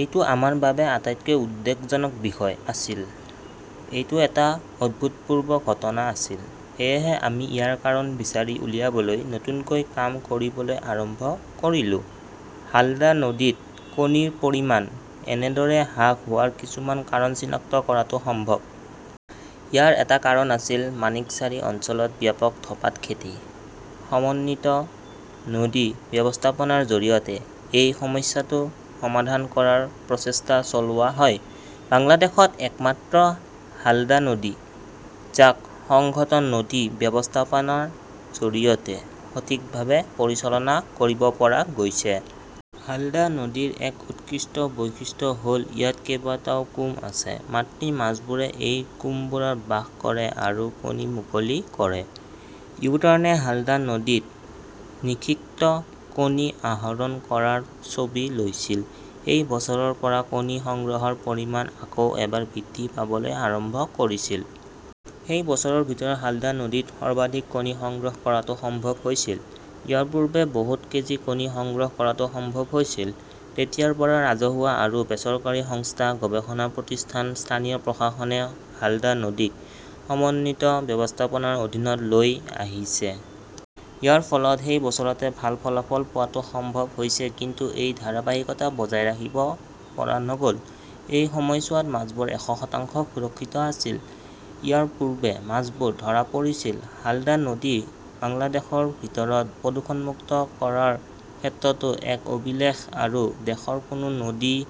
এইটো আমাৰ বাবে আটাইতকৈ উদ্বেগজনক বিষয় আছিল। এইটো এটা অভূতপূৰ্ব ঘটনা আছিল। সেয়েহে আমি ইয়াৰ কাৰণ বিচাৰি উলিয়াবলৈ নতুনকৈ কাম কৰিবলৈ আৰম্ভ কৰিলো। হালদা নদীত কণীৰ পৰিমাণ এনেদৰে হ্ৰাস হোৱাৰ কিছুমান কাৰণ চিনাক্ত কৰাটো সম্ভৱ। ইয়াৰ এটা কাৰণ আছিল মাণিকচাৰী অঞ্চলত ব্যাপক ধঁপাত খেতি। সমন্বিত নদী ব্যৱস্থাপনাৰ জৰিয়তে এই সমস্যাটো সমাধান কৰাৰ প্ৰচেষ্টা চলোৱা হয়। বাংলাদেশত একমাত্ৰ হালদা নদী, যাক সংহত নদী ব্যৱস্থাপনাৰ জৰিয়তে সঠিকভাৱে পৰিচালনা কৰিব পৰা গৈছে। হালদা নদীৰ এক উৎকৃষ্ট বৈশিষ্ট্য হ'ল ইয়াত কেইবাটাও "কুম" আছে। মাতৃ মাছবোৰে এই কৃমিবোৰত বাস কৰে আৰু কণী মুকলি কৰে।। ইউটাৰ্নে হালদা নদীত নিষিক্ত কণী আহৰণ কৰাৰ ছবি লৈছিল। সেই বছৰৰ পৰা কণী সংগ্ৰহৰ পৰিমাণ আকৌ এবাৰ বৃদ্ধি পাবলৈ আৰম্ভ কৰিছিল। সেই বছৰৰ ভিতৰত হালদা নদীত সৰ্বাধিক কণী সংগ্ৰহ কৰাটো সম্ভৱ হৈছিল। ইয়াৰ পূৰ্বে বহুত কেজি কণী সংগ্ৰহ কৰাটো সম্ভৱ হৈছিল। তেতিয়াৰ পৰা ৰাজহুৱা আৰু বেচৰকাৰী সংস্থা, গৱেষণা প্ৰতিষ্ঠান, স্থানীয় প্ৰশাসনে হালদা নদীক সমন্বিত ব্যৱস্থাপনাৰ অধীনত লৈই আহিছে। ইয়াৰ ফলত সেই বছৰতে ভাল ফলাফল পোৱাটো সম্ভৱ হৈছে কিন্তু এই ধাৰাবাহিকতা বজাই ৰাখিব পৰা নগ'ল। সেই সময়ছোৱাত মাছবোৰ এশ শতাংশ সুৰক্ষিত আছিল। ইয়াৰ পূৰ্বে মাছবোৰ ধৰা পৰিছিল। হালদা নদী বাংলাদেশৰ ভিতৰত প্ৰদূষণমুক্ত কৰাৰ ক্ষেত্ৰতো এক অভিলেখ আৰু দেশৰ কোনো নদীই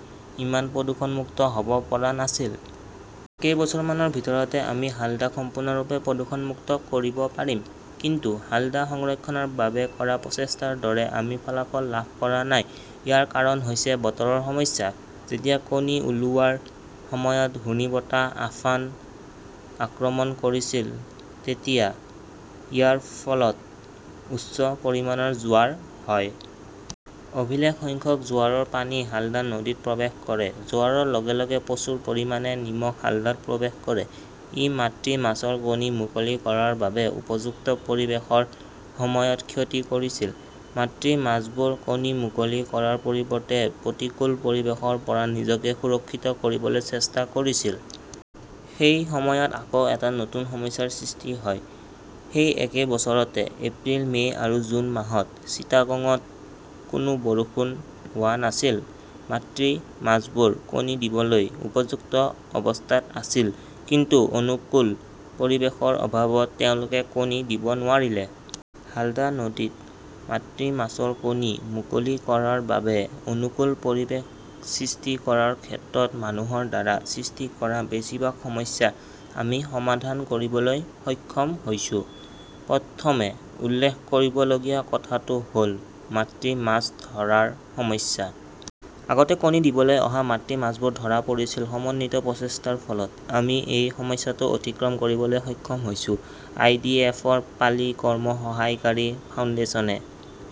ইমান প্ৰদূষণমুক্ত হ'ব পৰা নাছিল। কেইবছৰমানৰ ভিতৰতে আমি হালদাক সম্পূৰ্ণৰূপে প্ৰদূষণমুক্ত কৰিব পাৰিম। কিন্তু হালদা সংৰক্ষণৰ বাবে কৰা প্ৰচেষ্টাৰ দৰে আমি ফলাফল লাভ কৰা নাই। ইয়াৰ কাৰণ হৈছে বতৰৰ সমস্যা। যেতিয়া কণী ওলোৱাৰ সময়ত ঘূৰ্ণীবতাহ আম্ফান আক্ৰমণ কৰিছিল তেতিয়া ইয়াৰ ফলত উচ্চ পৰিমাণৰ জোৱাৰ হয়। অভিলেখ সংখ্যক জোৱাৰৰ পানী হালদা নদীত প্ৰৱেশ কৰে। জোৱাৰৰ লগে লগে প্ৰচুৰ পৰিমাণে নিমখ হালদাত প্ৰৱেশ কৰে। ই মাতৃ মাছৰ কণী মুকলি কৰাৰ বাবে উপযুক্ত পৰিৱেশৰ সময়ত ক্ষতি কৰিছিল। মাতৃ মাছবোৰে কণী মুকলি কৰাৰ পৰিৱৰ্তে প্ৰতিকূল পৰিৱেশৰ পৰা নিজকে সুৰক্ষিত কৰিবলৈ চেষ্টা কৰিছিল । সেই সময়ত আকৌ এটা নতুন সমস্যাৰ সৃষ্টি হয়। সেই একে বছৰতে এপ্ৰিল, মে 'আৰু জুন মাহত চিটাগঙত কোনো বৰষুণ হোৱা নাছিল। মাতৃ মাছবোৰ কণী দিবলৈ উপযুক্ত অৱস্থাত আছিল, কিন্তু অনুকূল পৰিৱেশৰ অভাৱত তেওঁলোকে কণী দিব নোৱাৰিলে। হালদা নদীত মাতৃ মাছৰ কণী মুকলি কৰাৰ বাবে অনুকূল পৰিৱেশ সৃষ্টি কৰাৰ ক্ষেত্ৰত মানুহৰ দ্বাৰা সৃষ্টি কৰা বেছিভাগ সমস্যা আমি সমাধান কৰিবলৈ সক্ষম হৈছো। প্ৰথমে উল্লেখ কৰিবলগীয়া কথাটো হ'ল মাতৃ মাছ ধৰাৰ সমস্যা। আগতে কণী দিবলৈ অহা মাতৃ মাছবোৰ ধৰা পৰিছিল সমন্বিত প্ৰচেষ্টাৰ ফলত । আমি এই সমস্যাটো অতিক্ৰম কৰিবলৈ সক্ষম হৈছো। আই. ডি. এফ. ৰ পালি কৰ্ম সহায়কাৰী ফাউণ্ডেচনে